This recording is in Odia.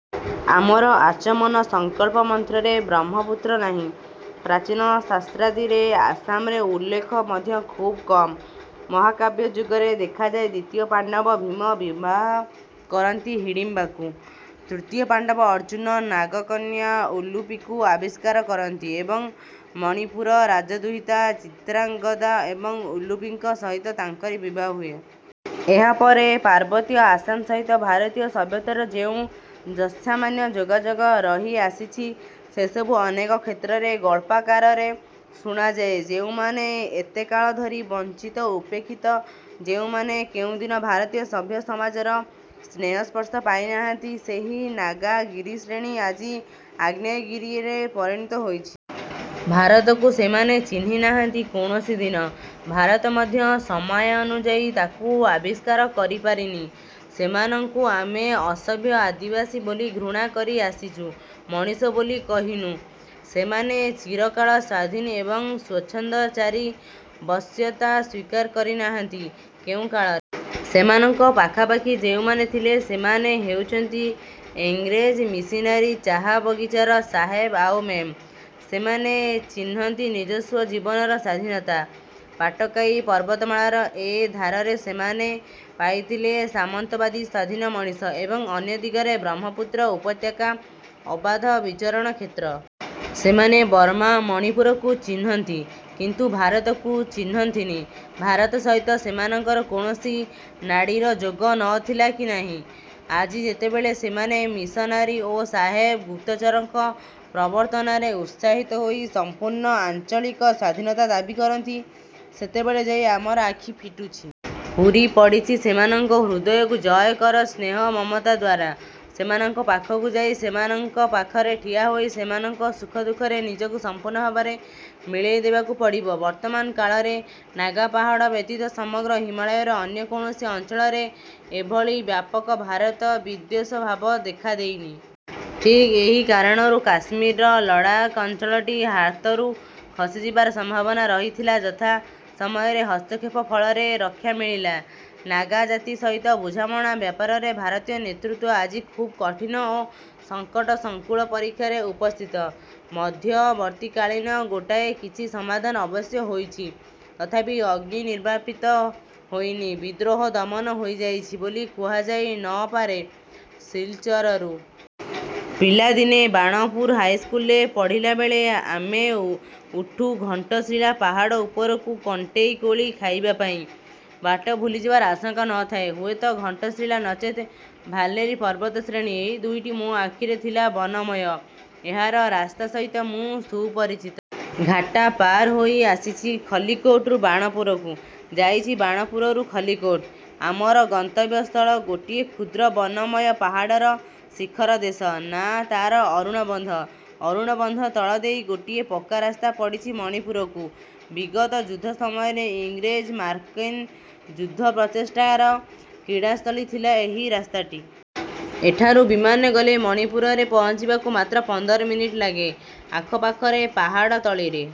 ଆମର ଆଚମନ, ସଙ୍କଳ୍ପ ମନ୍ତ୍ରରେ ବ୍ରହ୍ମପୁତ୍ର ନାହିଁ। ପ୍ରାଚୀନ ଶାସ୍ତ୍ରାଦିରେ ଆସାମର ଉଲ୍ଲେଖ ମଧ୍ୟ ଖୁବ୍ କମ୍। ମହାକାବ୍ୟ ଯୁଗରେ ଦେଖାଯାଏ ଦ୍ୱିତୀୟ ପାଣ୍ଡବ ଭୀମ ବିବାହ କରନ୍ତି ହିଡ଼ିମ୍ବାକୁ। ତୃତୀୟ ପାଣ୍ଡବ ଅର୍ଜୁନ ନାଗକନ୍ୟା ଉଲୁପୀକୁ ଆବିଷ୍କାର କରନ୍ତି ଏବଂ ମଣିପୁର ରାଜଦୁହିତା ଚିତ୍ରାଙ୍ଗଦା ଏବଂ ଉଲୁପୀଙ୍କ ସହିତ ତାଙ୍କରି ବିବାହ ହୁଏ। ଏହାପରେ ପାର୍ବତ୍ୟ ଆସାମ ସହିତ ଭାରତୀୟ ସଭ୍ୟତାର ଯେଉଁ ଯତ୍ସାମାନ୍ୟ ଯୋଗାଯୋଗ ରହିଆସିଛି, ସେସବୁ ଅନେକ କ୍ଷେତ୍ରରେ ଗଳ୍ପାକାରରେ ଶୁଣାଯାଏ। ଯେଉଁମାନେ ଏତେକାଳ ଧରି ବଞ୍ଚିତ ଉପେକ୍ଷିତ, ଯେଉଁମାନେ କେଉଁଦିନ ଭାରତୀୟ ସଭ୍ୟ ସମାଜର ସ୍ନେହସ୍ପର୍ଶ ପାଇ ନାହାନ୍ତି, ସେହି ନାଗା ଗିରିଶ୍ରେଣୀ ଆଜି ଆଗ୍ନେୟଗିରିରେ ପରିଣତ ହୋଇଛି। ଭାରତକୁ ସେମାନେ ଚିହ୍ନି ନାହାନ୍ତି କୌଣସି ଦିନ। ଭାରତ ମଧ୍ୟ ସମୟାନୁଯାୟୀ ତାକୁ ଆବିଷ୍କାର କରିପାରିନି। ସେମାନଙ୍କୁ ଆମେ ଅସଭ୍ୟ ଆଦିବାସୀ ବୋଲି ଘୃଣା କରିଆସିଚୁ ମଣିଷ ବୋଲି କହିନୁ। ସେମାନେ ଚିରକାଳ ସ୍ୱାଧୀନ ଏବଂ ସ୍ୱଚ୍ଛନ୍ଦଚାରୀ, ବଶ୍ୟତା ସ୍ୱୀକାର କରି ନାହାନ୍ତି କେଉଁ କାଳରେ। ସେମାନଙ୍କ ପାଖାପାଖି ଯେଉଁମାନେ ଥିଲେ, ସେମାନେ ହେଉଚନ୍ତି ଇଂରେଜ ମିଶନାରୀ, ଚାହା ବଗିଚାର ସାହେବ ଆଉ ମେମ୍। ସେମାନେ ଚିହ୍ନନ୍ତି ନିଜସ୍ୱ ଜୀବନର ସ୍ୱାଧୀନତା। ପାଟକାଇ ପର୍ବତମାଳାର ଏ ଧାରରେ ସେମାନେ ପାଇଥିଲେ ସାମନ୍ତବାଦୀ ସ୍ୱାଧୀନ ମଣିଷ ଏବଂ ଅନ୍ୟ ଦିଗରେ ବ୍ରହ୍ମପୁତ୍ର ଉପତ୍ୟକା ଅବାଧ ବିଚରଣ କ୍ଷେତ୍ର। ସେମାନେ ବର୍ମା, ମଣିପୁରକୁ ଚିହ୍ନନ୍ତି, କିନ୍ତୁ ଭାରତକୁ ଚିହ୍ନନ୍ତିନି। ଭାରତ ସହିତ ସେମାନଙ୍କର କୌଣସି ନାଡ଼ୀର ଯୋଗ ନ ଥିଲା କି ନାହିଁ। ଆଜି ଯେତେବେଳେ ସେମାନେ ମିଶନାରୀ ଓ ସାହେବ ଗୁପ୍ତଚରଙ୍କ ପ୍ରବର୍ତ୍ତନାରେ ଉତ୍ସାହିତ ହୋଇ ସମ୍ପୂର୍ଣ୍ଣ ଆଞ୍ଚଳିକ ସ୍ୱାଧୀନତା ଦାବି କରନ୍ତି, ସେତେବେଳେ ଯାଇ ଆମର ଆଖି ଫିଟୁଛି। ହୁରି ପଡ଼ିଛି ସେମାନଙ୍କ ହୃଦୟକୁ ଜୟ କର ସ୍ନେହ ମମତାଦ୍ୱାରା। ସେମାନଙ୍କ ପାଖକୁ ଯାଇ, ସେମାନଙ୍କ ପାଖରେ ଠିଆ ହୋଇ ସେମାନଙ୍କ ସୁଖ ଦୁଃଖରେ ନିଜକୁ ସମ୍ପୂର୍ଣ୍ଣ ଭାବରେ ମିଳେଇଦେବାକୁ ପଡ଼ିବ। ବର୍ତ୍ତମାନ କାଳରେ ନାଗାପାହାଡ଼ ବ୍ୟତୀତ ସମଗ୍ର ହିମାଳୟର ଅନ୍ୟ କୌଣସି ଅଞ୍ଚଳରେ ଏଭଳି ବ୍ୟାପକ ଭାରତ-ବିଦ୍ୱେଷ ଭାବ ଦେଖାଦେଇନି। ଠିକ୍ ଏହି କାରଣରୁ କାଶ୍ମୀରର ଲଡ଼ାଖ ଅଞ୍ଚଳଟି ହାତରୁ ଖସିଯିବାର ସମ୍ଭାବନା ରହିଥିଲା ଯଥା ସମୟରେ ହସ୍ତକ୍ଷେପ ଫଳରେ ରକ୍ଷା ମିଳିଲା। ନାଗା ଜାତି ସହିତ ବୁଝାମଣା ବ୍ୟାପାରରେ ଭାରତୀୟ ନେତୃତ୍ୱ ଆଜି ଖୁବ୍ କଠିନ ଓ ସଙ୍କଟ ସଙ୍କୁଳ ପରୀକ୍ଷାରେ ଉପସ୍ଥିତ। ମଧ୍ୟବର୍ତ୍ତୀକାଳୀନ ଗୋଟାଏ କିଛି ସମାଧାନ ଅବଶ୍ୟ ହୋଇଛି; ତଥାପି ଅଗ୍ନି ନିର୍ବାପିତ ହୋଇନି, ବିଦ୍ରୋହ ଦମନ ହୋଇଯାଇଛି ବୋଲି କୁହାଯାଇ ନ ପାରେ। ସିଲଚରରୁ ପିଲାଦିନେ ବାଣପୁର ହାଇସ୍କୁଲରେ ପଢ଼ିଲାବେଳେ ଆମେ ଉଠୁ ଘଣ୍ଟଶିଳା ପାହାଡ଼ ଉପରକୁ କଣ୍ଟେଇକୋଳି ଖାଇବା ପାଇଁ। ବାଟ ଭୁଲିଯିବାର ଆଶଙ୍କା ନ ଥାଏ। ହୁଏତ ଘଣ୍ଟଶିଳା, ନଚେତ୍ ଭାଲେରୀ ପର୍ବତଶ୍ରେଣୀ, ଏହି ଦୁଇଟି ମୋ ଆଖିରେ ଥିଲା ବନମୟ। ଏହାର ରାସ୍ତା ସହିତ ମୁ ସୁପରିଚିତ। ଘାଟା ପାର ହୋଇ ଆସିଛି ଖଲ୍ଲିକୋଟରୁ ବାଣପୁରକୁ, ଯାଇଚି ବାଣପୁରରୁ ଖଲ୍ଲିକୋଟ। ଆମର ଗନ୍ତବ୍ୟସ୍ଥଳ ଗୋଟିଏ କ୍ଷୁଦ୍ର ବନମୟ ପାହାଡ଼ର ଶିଖରଦେଶ। ନାଁ ତାର ଅରୁଣବନ୍ଧ। ଅରୁଣବନ୍ଧ ତଳ ଦେଇ ଗୋଟିଏ ପକ୍କା ରାସ୍ତା ପଡ଼ିଛି ମଣିପୁରକୁ। ବିଗତ ଯୁଦ୍ଧ ସମୟରେ ଇଂରେଜ ମାର୍କିନ ଯୁଦ୍ଧପ୍ରଚେଷ୍ଟାର କ୍ରୀଡ଼ାସ୍ଥଳୀ ଥିଲା ଏହି ରାସ୍ତାଟି। ଏଠାରୁ ବିମାନରେ ଗଲେ ମଣିପୁରରେ ପହଞ୍ଚିବାକୁ ମାତ୍ର ପନ୍ଦର ମିନିଟ ଲାଗେ। ଆଖପାଖରେ ପାହାଡ଼ତଳିରେ--